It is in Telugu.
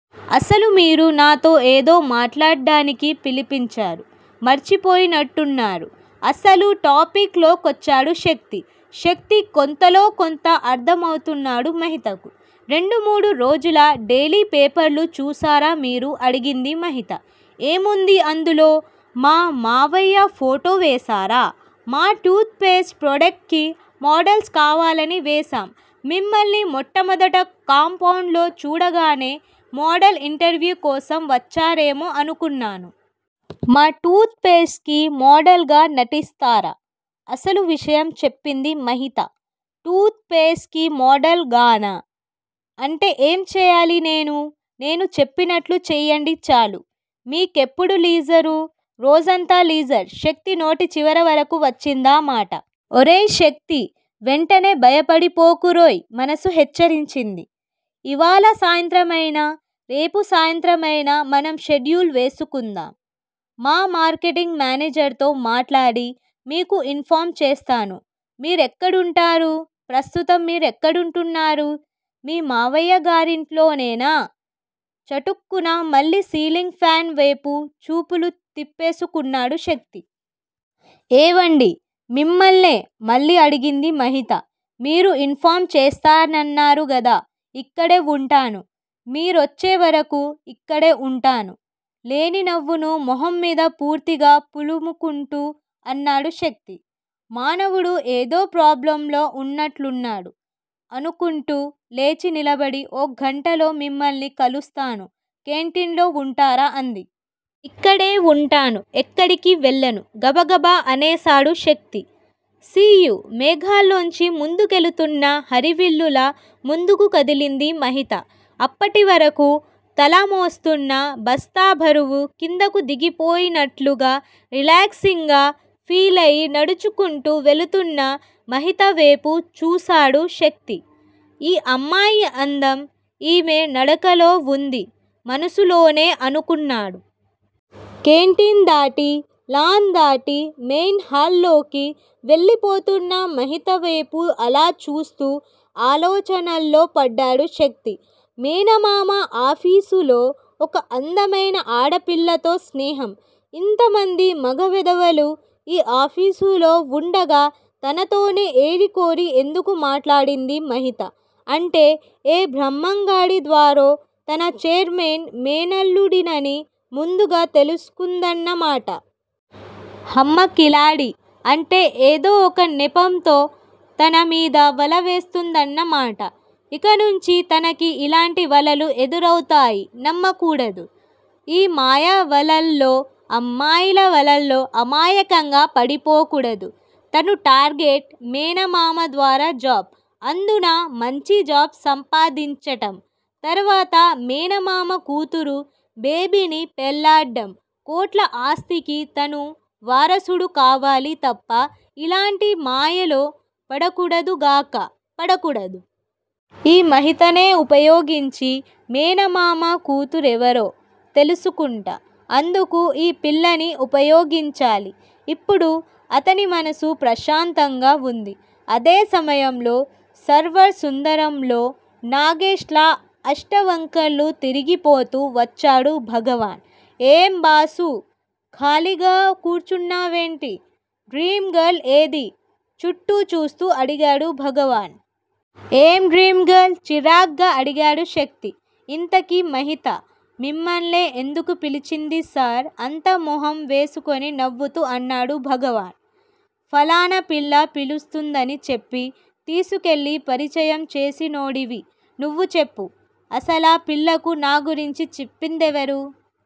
అసలు మీరు నాతో ఏదో మాట్లాడ్డానికి పిలిపించారు. మర్చిపోయినట్టున్నారు అసలు టాపిక్ లో కొచ్చాడు శక్తి. శక్తి కొంతలో, కొంత అర్థమౌతున్నాడు మహితకు. రెండు మూడు రోజుల డైలీ పేపర్లు చూసారా మీరు అడిగింది మహిత. ఏముంది అందులో మా మావయ్య ఫోటో వేసారా మా టూత్ పేస్ట్ ప్రొడక్ట్ కి మోడల్స్ కావాలని వేసాం మిమ్మల్ని- మొట్టమొదట కాంపౌండ్ లో చూడగానే, మోడల్ ఇంటర్వ్యూ కోసం వచ్చారేమో అనుకున్నాను. మా టూత్ పేస్ట్ కి మోడల్ గా నటిస్తారా? అసలు విషయం చెప్పింది మహిత. టూత్ పేస్ట్ కి మోడల్ గానా అంటే ఏం చేయాలి నేను నేను చెప్పినట్లు చెయ్యండి చాలు. మీకెప్పుడు లీజరు. రోజంతా లీజర్ శక్తి నోటి చివర వరకూ వచ్చిందా మాట. ఒరేయ్ శక్తీ వెంటనే బయటపడిపోకురోయ్ మనసు హెచ్చరించింది. ఇవాళ సాయంత్రమైనా, రేపు సాయంత్రమైనా మనం షెడ్యూల్ వేసుకుందాం. మా మార్కెటింగ్ మానేజర్ తో మాట్లాడి, మీకు ఇన్ ఫామ్ చేస్తాను. మీరెక్కడుంటారు ప్రస్తుతం మీరెక్కడుంటున్నారు. మీ మావయ్యగారింట్లోనేనా. చటుక్కున మళ్ళీ సీలింగ్ ఫాన్ వేపు చూపులు తిప్పేసుకున్నాడు శక్తి. ఏవండీ మిమ్మల్నే మళ్ళీ అడిగింది మహిత. మీరు ఇన్ ఫామ్ చేస్తానన్నారు గదా ఇక్కడే వుంటాను. మీరొచ్చే వరకూ ఇక్కడే ఉంటాను లేని నవ్వును మొహమ్మీద పూర్తిగా పులుముకుంటూ అన్నాడు శక్తి. మానవుడు ఏదో ప్రాబ్లమ్ లో ఉన్నట్లున్నాడు- అనుకుంటూ లేచి నిలబడి- ఒగ్గంటలో మిమ్మల్ని కలుస్తాను కేంటిన్లో వుంటారా అంది. ఇక్కడే వుంటాను. ఎక్కడికీ వెళ్ళను గబగబా అనేసాడు శక్తి. సీ-యూ మేఘాల్లోంచి ముందుకెళుతున్న హరివిల్లులా ముందుకు కదిలింది మహిత. అప్పటివరకూ తల మోస్తున్న బస్తా బరువు కిందకు దిగిపోయినట్లుగా రిలాక్సింగ్ గా ఫీలయి నడుచుకుంటూ వెళుతున్న మహితవేపు చూసాడు శక్తి. ఈ అమ్మాయి అందం, ఈమె నడకలో వుంది మనసులోనే అనుకున్నాడు. కేంటీన్ దాటి, లాన్ దాటి, నెయిన్ హాల్లోకి వెళ్ళిపోతున్న మహితవేపు అలా చూస్తూ ఆలోచనల్లో పడ్డాడు శక్తి. మేనమామ ఆఫీసులో ఒక అందమైన ఆడపిల్లతో స్నేహం. ఇంతమంది మగ వెధవలు ఈ ఆఫీసూలో వుండగా, తనతోనే ఏరి కోరి ఎందుకు మాట్లాడింది మహిత? అంటే ఏ బ్రహ్మంగాడి ద్వారో, తన ఛైర్మెన్ మేనల్లుడినని ముందుగా తెలుస్కుందన్న మాట. హమ్మ కిలాడీ అంటే ఏదో ఒక నెపంతో తన మీద వల వేస్తుందన్న మాట. ఇక నుంచీ తనకి ఇలాంటి వలలు ఎదురౌతాయి నమ్మకూడదు. ఈ మాయ వలల్లో, అమ్మాయిల వలల్లో అమాయకంగా పడిపోకూడదు- తను టార్గెట్- మేనమామ ద్వారా జాబ్, అందునా మంచి జాబ్ సంపాదించటం, తర్వాత మేనమామ కూతురు బేబిని పెళ్లాడ్డం కోట్ల ఆస్తికి తను వారసుడు కావాలి తప్ప ఇలాంటి మాయలో పడకూడదుగాక- పడకూడదు. ఈ మహితనే ఉపయోగించి, మేనమామ కూతురెవరో తెలుసుకుంటా- అందుకు ఈ పిల్లని ఉపయోగించాలి. ఇప్పుడు, అతని మనసు ప్రశాంతంగా వుంది. అదే సమయంలో సర్వర్ సుందరంలో నాగేష్ లా అష్టవంకర్లు తిరిగిపోతూ వచ్చాడు భగవాన్. ఏం బాసూ- ఖాళీగా కూర్చున్నావేంటి. డ్రీమ్ గర్ల్ ఏదీ చుట్టూ చూస్తూ అడిగాడు భగవాన్. ఏం డ్రీమ్ గర్ల్ చిరాగ్గా అడిగాడు శక్తి. ఇంతకీ- మహిత, మిమ్మల్నే ఎందుకు పిలిచింది సార్ అంత మొహం వేసుకుని నవ్వుతూ అన్నాడు భగవాన్. ఫలానా పిల్ల పిలుస్తుందని చెప్పి, తీసుకెళ్ళి పరిచయం చేసినోడివి నువ్వు చెప్పు. అసలా పిల్లకు నాగురించి చెప్పిందెవరు